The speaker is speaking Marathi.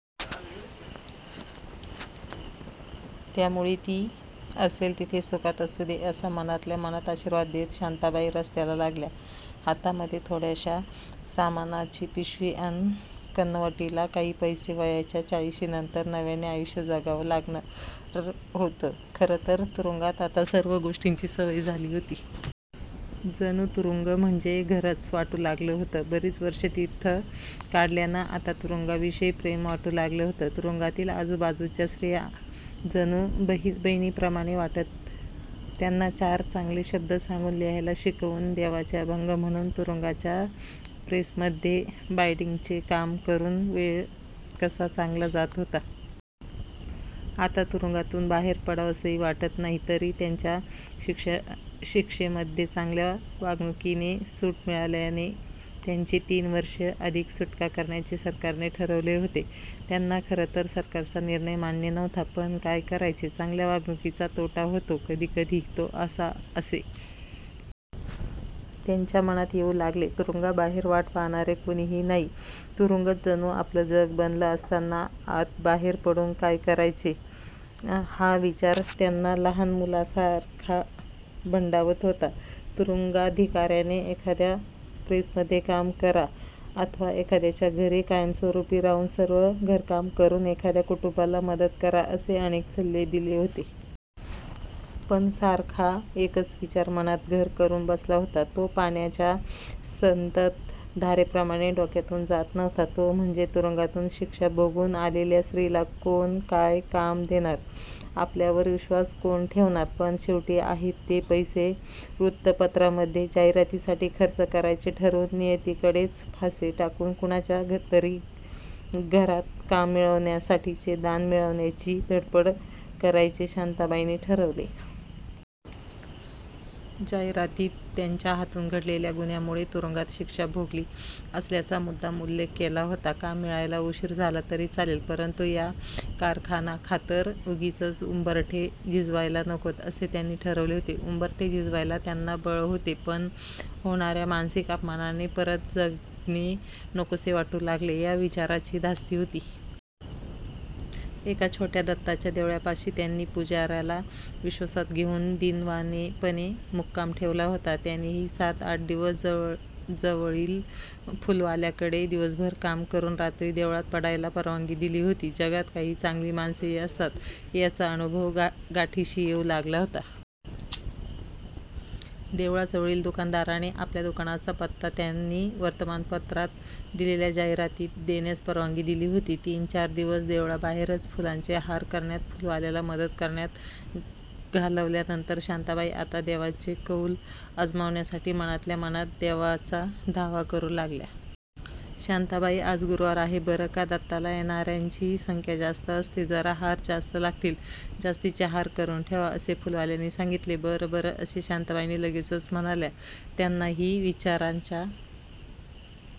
त्यामुळे ती असेल तिथे सुखात असू दे, असा मनातल्या मनात आशीर्वाद देत शांताबाई रस्त्याला लागल्या. हातामध्ये थोड्याशा सामानाची पिशवी अन् कनवटीला काही पैसे वयाच्या चाळीशीनंतर नव्याने आयुष्य जगावं लागणार होतं. खरंतर तुरुंगात आता सर्व गोष्टीची सवय झाली होती. जणू तुरुंग म्हणजे घरच वाटू लागलं होतं. बरीच वर्षे तिथं काढल्यानं आता तुरुंगाविषयी प्रेम वाटू लागलं होतं. तुरुंगातील आजूबाजूच्या स्त्रिया जणू बहिणीप्रमाणे वाटत. त्यांना चार चांगले शब्द सांगून, लिहायला शिकवून, देवाचे अभंग म्हणून, तुरुंगाच्या प्रेसमध्ये बाईंडिंगचे काम करून वेळ कसा चांगला जात होता. आता तुरुंगातून बाहेर पडावसंही वाटत नाही तरी त्यांच्या शिक्षेमध्ये चांगल्या वागणूकीने सूट मिळाल्याने त्यांची तीन वर्षे आधीच सुटका करण्याचे सरकारने ठरवले होते. त्यांना खरंतर सरकारचा निर्णय मान्य नव्हता. पण काय करायचे? चांगल्या वागणुकीचा तोटा होतो कधी-कधी तो असा.असे त्यांच्या मनात येऊ लागले. तुरुंगाबाहेर वाट पहाणारे कोणीही नाही. तुरुंगच जणू आपलं जग बनलं असताना आत बाहेर पडून काय करायचे? हा विचार त्यांना लहान मुलासारखा भंडावत होता. तुरुंगाधिका-याने एखाद्या प्रेसमध्ये काम करा, अथवा एखाद्याच्या घरी कायमस्वरुपी राहून सर्व घरकाम करून एखाद्या कुटुंबाला मदत करा असे अनेक सल्ले दिले होते. पण सारखा एकच विचार मनांत घर करुन बसला होता, तो पाण्याच्या संतत धारेप्रमाणे डोक्यातून जात नव्हता, तो म्हणजे तुरुंगातून शिक्षा भोगून आलेल्या स्त्रीला कोण काय काम देणार? आपल्यावर विश्वास कोण ठेवणार? पण शेवटी आहेत ते पैसे व्रुत्तपत्रामध्ये जाहिरातीसाठी खर्च करायचे ठरवून, नियतीकडेच फासे टाकून कुणाच्या तरी घरात काम मिळवण्यासाठीचे दान मिळवण्याची घड्पड करायचे शांताबाईंनी ठरवले. जाहिरातीत त्यांच्या हातून घडलेल्या गुन्ह्यामुळे तुरुंगात शिक्षा भोगली असल्याचा मुद्दाम उल्लेख केला होता. काम मिळायला उशीर झाला तरी चालेल परंतु या कारणाखातर उगीचच उंबरठे झिजवायल नकोत असे त्यांनी ठरवले होते. उंबरठे झिजवायला त्यांना बळ होते पण होणा-या मानसिक अपमानाने परत जगणे नकोसे वाटू लागेल या विचाराची धास्ती होती. एका छोट्या दत्ताच्या देवळापाशी त्यांनी पुजा-याला विश्वासात घेऊन दीनवाणेपणे मुक्काम ठेवला होता. त्यानेही सात्-आठ दिवस जवळील फुलवाल्याकडे दिवसभर काम करुन रात्री देवळात पडायला परवानगी दिली होती. जगात काही चांगली माणसेही असतात याचा अनुभव गाठीशी येऊ लागला होता. देवळाजवळील दुकानदाराने आपल्या दुकानाचा पत्ता त्यांनी वर्तमानपत्रात दिलेल्या जाहिरातीत देण्यास परवानगी दिली होती. तीन्-चार दिवस देवळाबाहेरच फुलांचे हार करण्यात फुलवाल्याला मदत करण्यात घालवल्यानंतर शांताबाई आता दैवाचा कौल अजमावण्यासाठी मनातल्या मनात देवाचा धावा करु लागल्या. "शांताबाई, आज गुरुवार आहे. बरं का, दत्ताला येणा-यांची संख्या जास्त असते. जरा हार जास्त लागतील. जास्तीचे हार करुन ठेवा. " असे फुलवाल्याने सांगितले. "बरं-बरं " असे शांताबाई लगेचच म्हणाल्या. त्यांनाही विचारांच्या--